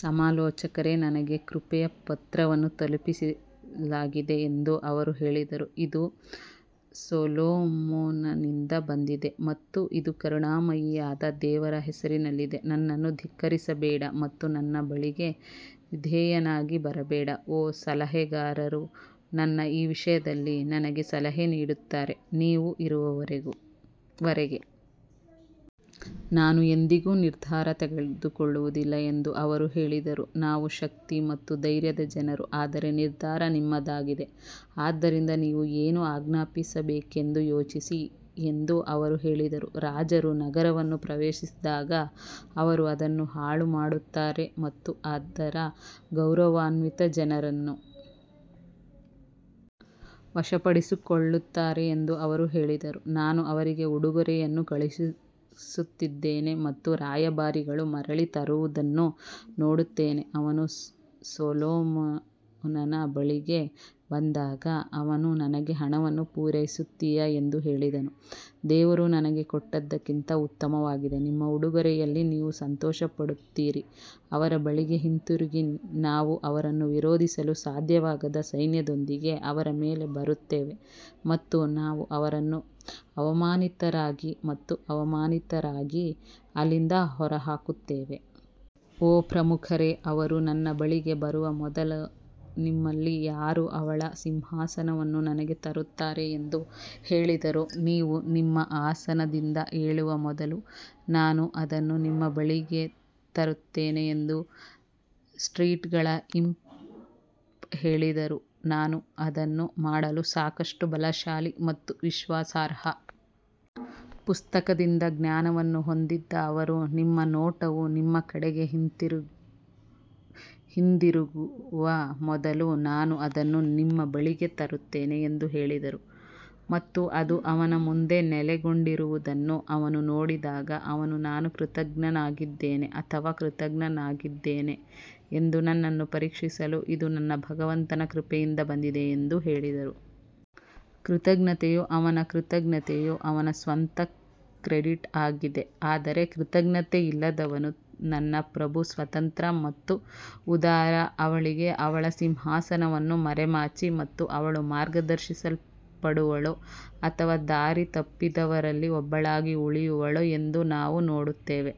ಸಮಾಲೋಚಕರೇ ನನಗೆ ಕೃಪೆಯ ಪತ್ರವನ್ನು ತಲುಪಿಸಲಾಗಿದೆ ಎಂದು ಅವರು ಹೇಳಿದರು ಇದು ಸೊಲೊಮೋನನಿಂದ ಬಂದಿದೆ ಮತ್ತು ಇದು ಕರುಣಾಮಯಿಯಾದ ದೇವರ ಹೆಸರಿನಲ್ಲಿದೆ ನನ್ನನ್ನು ಧಿಕ್ಕರಿಸಬೇಡ ಮತ್ತು ನನ್ನ ಬಳಿಗೆ ವಿಧೇಯನಾಗಿ ಬರಬೇಡ ಓ ಸಲಹೆಗಾರರು ನನ್ನ ಈ ವಿಷಯದಲ್ಲಿ ನನಗೆ ಸಲಹೆ ನೀಡುತ್ತಾರೆ, ನೀವು ಇರುವವರೆಗು ವರೆಗೆ. ನಾನು ಎಂದಿಗೂ ನಿರ್ಧಾರ ತೆಗೆದುಕೊಳ್ಳುವುದಿಲ್ಲ ಎಂದು ಅವರು ಹೇಳಿದರು ನಾವು ಶಕ್ತಿ ಮತ್ತು ಧೈರ್ಯದ ಜನರು ಆದರೆ ನಿರ್ಧಾರ ನಿಮ್ಮದಾಗಿದೆ ಆದ್ದರಿಂದ ನೀವು ಏನು ಆಜ್ಞಾಪಿಸಬೇಕೆಂದು ಯೋಚಿಸಿ ಎಂದು ಅವರು ಹೇಳಿದರು ರಾಜರು ನಗರವನ್ನು ಪ್ರವೇಶಿಸಿದಾಗ ಅವರು ಅದನ್ನು ಹಾಳುಮಾಡುತ್ತಾರೆ ಮತ್ತು ಅದರ ಗೌರವಾನ್ವಿತ ಜನರನ್ನು ವಶಪಡಿಸಿಕೊಳ್ಳುತ್ತಾರೆ ಎಂದು ಅವರು ಹೇಳಿದರು ನಾನು ಅವರಿಗೆ ಉಡುಗೊರೆಯನ್ನು ಕಳುಹಿಸುತ್ತಿದ್ದೇನೆ ಮತ್ತು ರಾಯಭಾರಿಗಳು ಮರಳಿ ತರುವುದನ್ನು ನೋಡುತ್ತೇನೆ ಅವನು ಸೊಲೊಮೋನನ ಬಳಿಗೆ ಬಂದಾಗ ಅವನು ನನಗೆ ಹಣವನ್ನು ಪೂರೈಸುತ್ತೀಯಾ ಎಂದು ಹೇಳಿದನು, ದೇವರು ನನಗೆ ಕೊಟ್ಟದ್ದಕ್ಕಿಂತ ಉತ್ತಮವಾಗಿದೆ, ನಿಮ್ಮ ಉಡುಗೊರೆಯಲ್ಲಿ ನೀವು ಸಂತೋಷಪಡುತ್ತೀರಿ ಅವರ ಬಳಿಗೆ ಹಿಂತಿರುಗಿ ನಾವು ಅವರನ್ನು ವಿರೋಧಿಸಲು ಸಾಧ್ಯವಾಗದ ಸೈನ್ಯದೊಂದಿಗೆ ಅವರ ಮೇಲೆ ಬರುತ್ತೇವೆ ಮತ್ತು ನಾವು ಅವರನ್ನು ಅವಮಾನಿತರಾಗಿ ಮತ್ತು ಅವಮಾನಿತರಾಗಿ ಅಲ್ಲಿಂದ ಹೊರಹಾಕುತ್ತೇವೆ. ಓ ಪ್ರಮುಖರೇ, ಅವರು ನನ್ನ ಬಳಿಗೆ ಬರುವ ಮೊದಲು ನಿಮ್ಮಲ್ಲಿ ಯಾರು ಅವಳ ಸಿಂಹಾಸನವನ್ನು ನನಗೆ ತರುತ್ತಾರೆ ಎಂದು ಹೇಳಿದರು ನೀವು ನಿಮ್ಮ ಆಸನದಿಂದ ಏಳುವ ಮೊದಲು ನಾನು ಅದನ್ನು ನಿಮ್ಮ ಬಳಿಗೆ ತರುತ್ತೇನೆ ಎಂದು ಸ್ಪ್ರಿಟ್ಗಳ ಇಂಪ್ ಹೇಳಿದರು ನಾನು ಅದನ್ನು ಮಾಡಲು ಸಾಕಷ್ಟು ಬಲಶಾಲಿ ಮತ್ತು ವಿಶ್ವಾಸಾರ್ಹ. ಪುಸ್ತಕದಿಂದ ಜ್ಞಾನವನ್ನು ಹೊಂದಿದ್ದ ಅವರು ನಿಮ್ಮ ನೋಟವು ನಿಮ್ಮ ಕಡೆಗೆ ಹಿಂದಿರುಗುವ ಮೊದಲು ನಾನು ಅದನ್ನು ನಿಮ್ಮ ಬಳಿಗೆ ತರುತ್ತೇನೆ ಎಂದು ಹೇಳಿದರು ಮತ್ತು ಅದು ಅವನ ಮುಂದೆ ನೆಲೆಗೊಂಡಿರುವುದನ್ನು ಅವನು ನೋಡಿದಾಗ ಅವನು ನಾನು ಕೃತಜ್ಞನಾಗಿದ್ದೇನೆ ಅಥವಾ ಕೃತಜ್ಞನಾಗಿದ್ದೇನೆ ಎಂದು ನನ್ನನ್ನು ಪರೀಕ್ಷಿಸಲು ಇದು ನನ್ನ ಭಗವಂತನ ಕೃಪೆಯಿಂದ ಬಂದಿದೆ ಎಂದು ಹೇಳಿದರು. ಕೃತಜ್ಞತೆಯು ಅವನ ಕೃತಜ್ಞತೆಯು ಅವನ ಸ್ವಂತ ಕ್ರೆಡಿಟ್ ಆಗಿದೆ ಆದರೆ ಕೃತಜ್ಞತೆಯಿಲ್ಲದವನು ನನ್ನ ಪ್ರಭು ಸ್ವತಂತ್ರ ಮತ್ತು ಉದಾರ ಅವಳಿಗೆ ಅವಳ ಸಿಂಹಾಸನವನ್ನು ಮರೆಮಾಚಿ ಮತ್ತು ಅವಳು ಮಾರ್ಗದರ್ಶಿಸಲ್ಪಡುವಳೋ ಅಥವಾ ದಾರಿತಪ್ಪಿದವರಲ್ಲಿ ಒಬ್ಬಳಾಗಿ ಉಳಿಯುವಳೋ ಎಂದು ನಾವು ನೋಡುತ್ತೇವೆ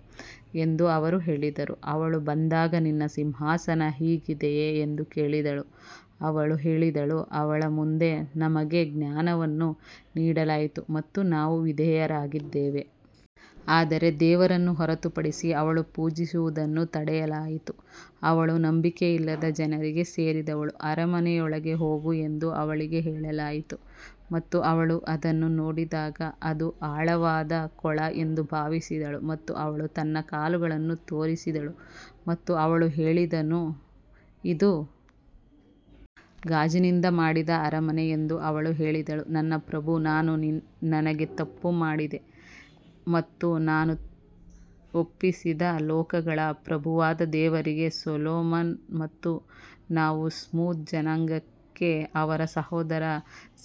ಎಂದು ಅವರು ಹೇಳಿದರು. ಅವಳು ಬಂದಾಗ, ನಿನ್ನ ಸಿಂಹಾಸನ ಹೀಗಿದೆಯೇ ಎಂದು ಕೇಳಿದಳು, ಅವಳು ಹೇಳಿದಳು, ಅವಳ ಮುಂದೆ ನಮಗೆ ಜ್ಞಾನವನ್ನು ನೀಡಲಾಯಿತು ಮತ್ತು ನಾವು ವಿಧೇಯರಾಗಿದ್ದೇವೆ. ಆದರೆ ದೇವರನ್ನು ಹೊರತುಪಡಿಸಿ ಅವಳು ಪೂಜಿಸುವುದನ್ನು ತಡೆಯಲಾಯಿತು, ಅವಳು ನಂಬಿಕೆಯಿಲ್ಲದ ಜನರಿಗೆ ಸೇರಿದವಳು ಅರಮನೆಯೊಳಗೆ ಹೋಗು ಎಂದು ಅವಳಿಗೆ ಹೇಳಲಾಯಿತು ಮತ್ತು ಅವಳು ಅದನ್ನು ನೋಡಿದಾಗ ಅದು ಆಳವಾದ ಕೊಳ ಎಂದು ಭಾವಿಸಿದಳು ಮತ್ತು ಅವಳು ತನ್ನ ಕಾಲುಗಳನ್ನು ತೋರಿಸಿದಳು ಮತ್ತು ಅವನು ಹೇಳಿದನು ಇದು ಗಾಜಿನಿಂದ ಮಾಡಿದ ಅರಮನೆ ಎಂದು ಅವಳು ಹೇಳಿದಳು ನನ್ನ ಪ್ರಭು ನಾನು ನನಗೆ ತಪ್ಪು ಮಾಡಿದೆ ಮತ್ತು ನಾನು ಒಪ್ಪಿಸಿದೆ ಲೋಕಗಳ ಪ್ರಭುವಾದ ದೇವರಿಗೆ ಸೊಲೊಮನ್ ಮತ್ತು ನಾವು ಸ್ಮೂದ್ ಜನಾಂಗಕ್ಕೆ ಅವರ ಸಹೋದರ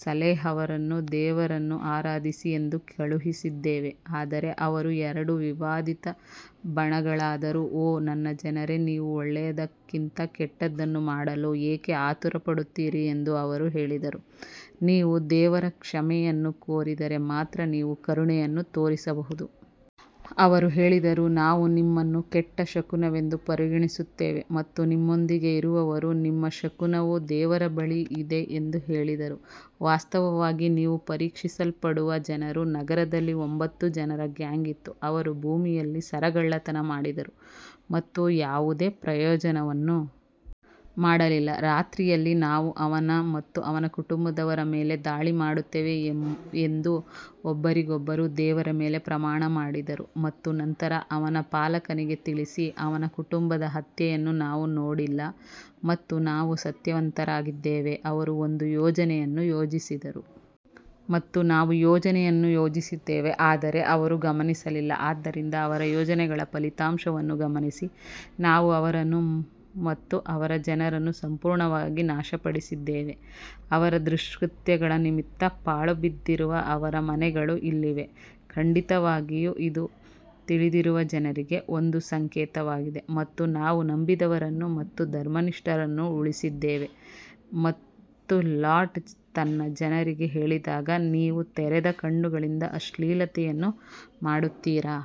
ಸಲೇಹ್ ಅವರನ್ನು ದೇವರನ್ನು ಆರಾಧಿಸಿ ಎಂದು ಕಳುಹಿಸಿದ್ದೇವೆ ಆದರೆ ಅವರು ಎರಡು ವಿವಾದಿತ ಬಣಗಳಾದರು ಓ ನನ್ನ ಜನರೇ ನೀವು ಒಳ್ಳೆಯದಕ್ಕಿಂತ ಕೆಟ್ಟದ್ದನ್ನು ಮಾಡಲು ಏಕೆ ಆತುರಪಡುತ್ತೀರಿ ಎಂದು ಅವರು ಹೇಳಿದರು, ನೀವು ದೇವರ ಕ್ಷಮೆಯನ್ನು ಕೋರಿದರೆ ಮಾತ್ರ ನೀವು ಕರುಣೆಯನ್ನು ತೋರಿಸಬಹುದು. ಅವರು ಹೇಳಿದರು ನಾವು ನಿಮ್ಮನ್ನು ಕೆಟ್ಟ ಶಕುನವೆಂದು ಪರಿಗಣಿಸುತ್ತೇವೆ ಮತ್ತು ನಿಮ್ಮೊಂದಿಗೆ ಇರುವವರು ನಿಮ್ಮ ಶಕುನವು ದೇವರ ಬಳಿ ಇದೆ ಎಂದು ಹೇಳಿದರು ವಾಸ್ತವವಾಗಿ ನೀವು ಪರೀಕ್ಷಿಸಲ್ಪಡುವ ಜನರು ನಗರದಲ್ಲಿ ಒಂಬತ್ತು ಜನರ ಗ್ಯಾಂಗ್ ಇತ್ತು, ಅವರು ಭೂಮಿಯಲ್ಲಿ ಸರಗಳ್ಳತನ ಮಾಡಿದರು ಮತ್ತು ಯಾವುದೇ ಪ್ರಯೋಜನವನ್ನು ಮಾಡಲಿಲ್ಲ ರಾತ್ರಿಯಲ್ಲಿ ನಾವು ಅವನ ಮತ್ತು ಅವನ ಕುಟುಂಬದವರ ಮೇಲೆ ದಾಳಿ ಮಾಡುತ್ತೇವೆ ಎಂದು ಒಬ್ಬರಿಗೊಬ್ಬರು ದೇವರ ಮೇಲೆ ಪ್ರಮಾಣ ಮಾಡಿದರು ಮತ್ತು ನಂತರ ಅವನ ಪಾಲಕನಿಗೆ ತಿಳಿಸಿ ಅವನ ಕುಟುಂಬದ ಹತ್ಯೆಯನ್ನು ನಾವು ನೋಡಿಲ್ಲ ಮತ್ತು ನಾವು ಸತ್ಯವಂತರಾಗಿದ್ದೇವೆ ಅವರು ಒಂದು ಯೋಜನೆಯನ್ನು ಯೋಜಿಸಿದರು ಮತ್ತು ನಾವು ಯೋಜನೆಯನ್ನು ಯೋಜಿಸಿದ್ದೇವೆ ಆದರೆ ಅವರು ಗಮನಿಸಲಿಲ್ಲ ಆದ್ದರಿಂದ ಅವರ ಯೋಜನೆಗಳ ಫಲಿತಾಂಶವನ್ನು ಗಮನಿಸಿ ನಾವು ಅವರನ್ನು ಮತ್ತು ಅವರ ಜನರನ್ನು ಸಂಪೂರ್ಣವಾಗಿ ನಾಶಪಡಿಸಿದ್ದೇವೆ ಅವರ ದುಷ್ಕೃತ್ಯಗಳ ನಿಮಿತ್ತ ಪಾಳುಬಿದ್ದಿರುವ ಅವರ ಮನೆಗಳು ಇಲ್ಲಿವೆ, ಖಂಡಿತವಾಗಿಯೂ ಇದು ತಿಳಿದಿರುವ ಜನರಿಗೆ ಒಂದು ಸಂಕೇತವಾಗಿದೆ ಮತ್ತು ನಾವು ನಂಬಿದವರನ್ನು ಮತ್ತು ಧರ್ಮನಿಷ್ಠರನ್ನು ಉಳಿಸಿದ್ದೇವೆ ಮತ್ತು ಲಾಟ್ ತನ್ನ ಜನರಿಗೆ ಹೇಳಿದಾಗ ನೀವು ತೆರೆದ ಕಣ್ಣುಗಳಿಂದ ಅಶ್ಲೀಲತೆಯನ್ನು ಮಾಡುತ್ತೀರಾ.